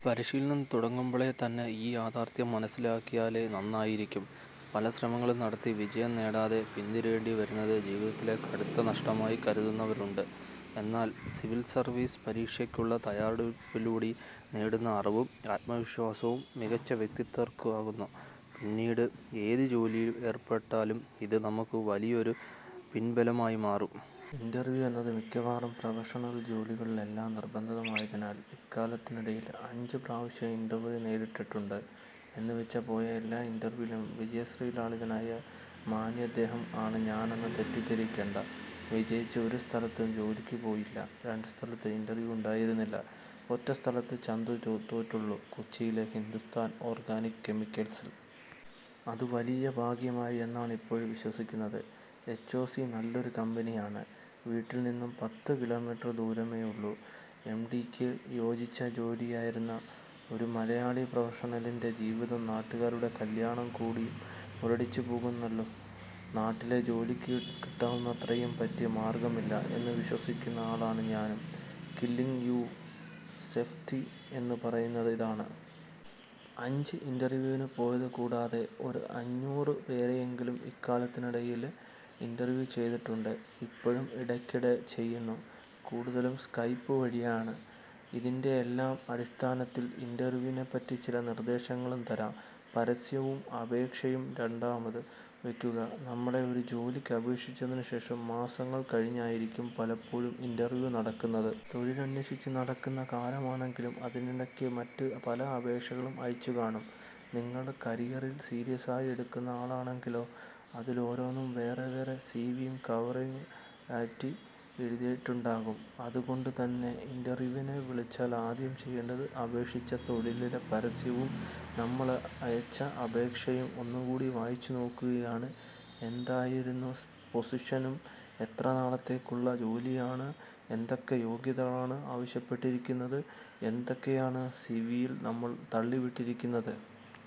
പരിശീലനം തുടങ്ങുമ്പോള് തന്നെ ഈ യാഥാര്ത്ഥ്യം മനസ്സിലാക്കിയാല് നന്നായിരിക്കും. പല ശ്രമങ്ങള് നടത്തി വിജയം നേടാതെ പിന്തിരിയേണ്ടി വരുന്നത് ജീവിതത്തിലെ കടുത്ത നഷ്ടമായി കരുതുന്നവരുണ്ട്. എന്നാല്, സിവില് സര്വീസ് പരീക്ഷയ്ക്കുള്ള തയ്യാറെടുപ്പിലൂടെ നേടുന്ന അറിവും ആത്മവിശ്വാസവും മികച്ച വ്യക്തിയാക്കിത്തീര്ക്കുന്നു. പിന്നീട് ഏത് ജോലിയില് ഏര്പ്പെട്ടാലും ഇത് നമുക്ക് വലിയൊരു പിന്ബലമായിമാറും. ഇന്റര്വ്യൂ എന്നത് മിക്കവാറും പ്രൊഫഷണല് ജോലികള്ക്കെല്ലാം നിര്ബന്ധമായതിനാല് ഇക്കാലത്തിനിടയില് അഞ്ചു പ്രാവശ്യം ഇന്റര്വ്യൂ നേരിട്ടിട്ടുണ്ട്. എന്നുവെച്ച് പോയ എല്ലാ ഇന്റര്വ്യൂവിലും വിജയശ്രീലാളിതനായ മാന്യദേഹം ആണ് ഞാനെന്ന് തെറ്റിദ്ധരിക്കേണ്ട. വിജയിച്ച ഒരു സ്ഥലത്ത് ജോലിക്കു പോയില്ല, രണ്ടു സ്ഥലത്ത് ഇന്റര്വ്യൂ ഉണ്ടായിരുന്നില്ല. ഒറ്റ സ്ഥലത്തേ ചന്തു തോറ്റുള്ളൂ, കൊച്ചിയില് ഹിന്ദുസ്ഥാന് ഓര്ഗാനിക്ക് കെമിക്കല്സില്. അത് വലിയ ഭാഗ്യമായി എന്നാണ് ഇപ്പോഴും വിശ്വസിക്കുന്നത്. എച്ച്ഒസി നല്ലൊരു കമ്പനിയാണ്, വീട്ടില് നിന്നും പത്തു കിലോമീറ്റര് ദൂരമേയുള്ളൂ, എംടെക്കിനു യോജിച്ച ജോലിയുമായിരുന്നു. ഒരു മലയാളി പ്രൊഫഷണലിന്റെ ജീവിതം നാട്ടുകാരുടെ കല്യാണം കൂടിക്കൂടി മുരടിച്ചു പോകാന് നാട്ടില് ജോലികിട്ടുന്നത്രയും പറ്റിയ മാര്ഗ്ഗമില്ല എന്ന് വിശ്വസിക്കുന്ന ആളാണ് ഞാന്. കില്ലിങ് യൊഉ സൊഫ്ത്ല്യ് എന്നൊക്കെ പറയുന്നത് ഇതാണ്. അഞ്ച് ഇന്റര്വ്യൂവിന് പോയതുകൂടാതെ ഒരു അഞ്ഞൂറ് പേരെയെങ്കിലും ഇക്കാലത്തിനിടയില് ഇന്റര്വ്യൂ ചെയ്തിട്ടുണ്ട്, ഇപ്പോഴും ഇടക്കിടക്ക് ചെയ്യുന്നു. കൂടുതലും സ്കൈപ്പ് വഴിയാണ്. ഇതിന്റെയെല്ലാം അടിസ്ഥാനത്തില് ഇന്റര്വ്യൂവിനെപ്പറ്റി ചില നിര്ദേശങ്ങള് തരാം.. പരസ്യവും അപേക്ഷയും രണ്ടാമതും വായിക്കുക:നമ്മള് ഒരു ജോലിക്ക് അപേക്ഷിച്ചതിനു ശേഷം മാസങ്ങള് കഴിഞ്ഞായിരിക്കും പലപ്പോഴും ഇന്റര്വ്യൂ നടക്കുന്നത്. തൊഴിലന്വേഷിച്ച് നടക്കുന്ന കാലമാണെങ്കില് അതിനിടക്ക് മറ്റു പല അപേക്ഷകളും അയച്ചുകാണും. നിങ്ങള് കരിയറിനെ സീരിയസായി എടുക്കുന്ന ആളാണെങ്കില് അതിലോരോന്നിലും വേറെവേറെ സിവിയും കവറിങ് ലെറ്ററും എഴുതിയിട്ടുണ്ടാകും. അതുകൊണ്ടുതന്നെ ഇന്റര്വ്യൂവിന് വിളിച്ചാല് ആദ്യം ചെയ്യേണ്ടത് അപേക്ഷിച്ച തൊഴില് പരസ്യവും നമ്മളയച്ച അപേക്ഷയും ഒന്നുകൂടി വായിച്ചുനോക്കുകയാണ്. ഏതായിരുന്നു പൊസിഷന്, എത്ര നാളത്തേക്കുള്ള ജോലിയാണ്, എന്തൊക്കെ യോഗ്യതകളാണ് ആവശ്യപ്പെട്ടിരിക്കുന്നത്, എന്തൊക്കെയാണ് സിവിയില് നമ്മള് 'തള്ളി'വിട്ടിരിക്കുന്നത്.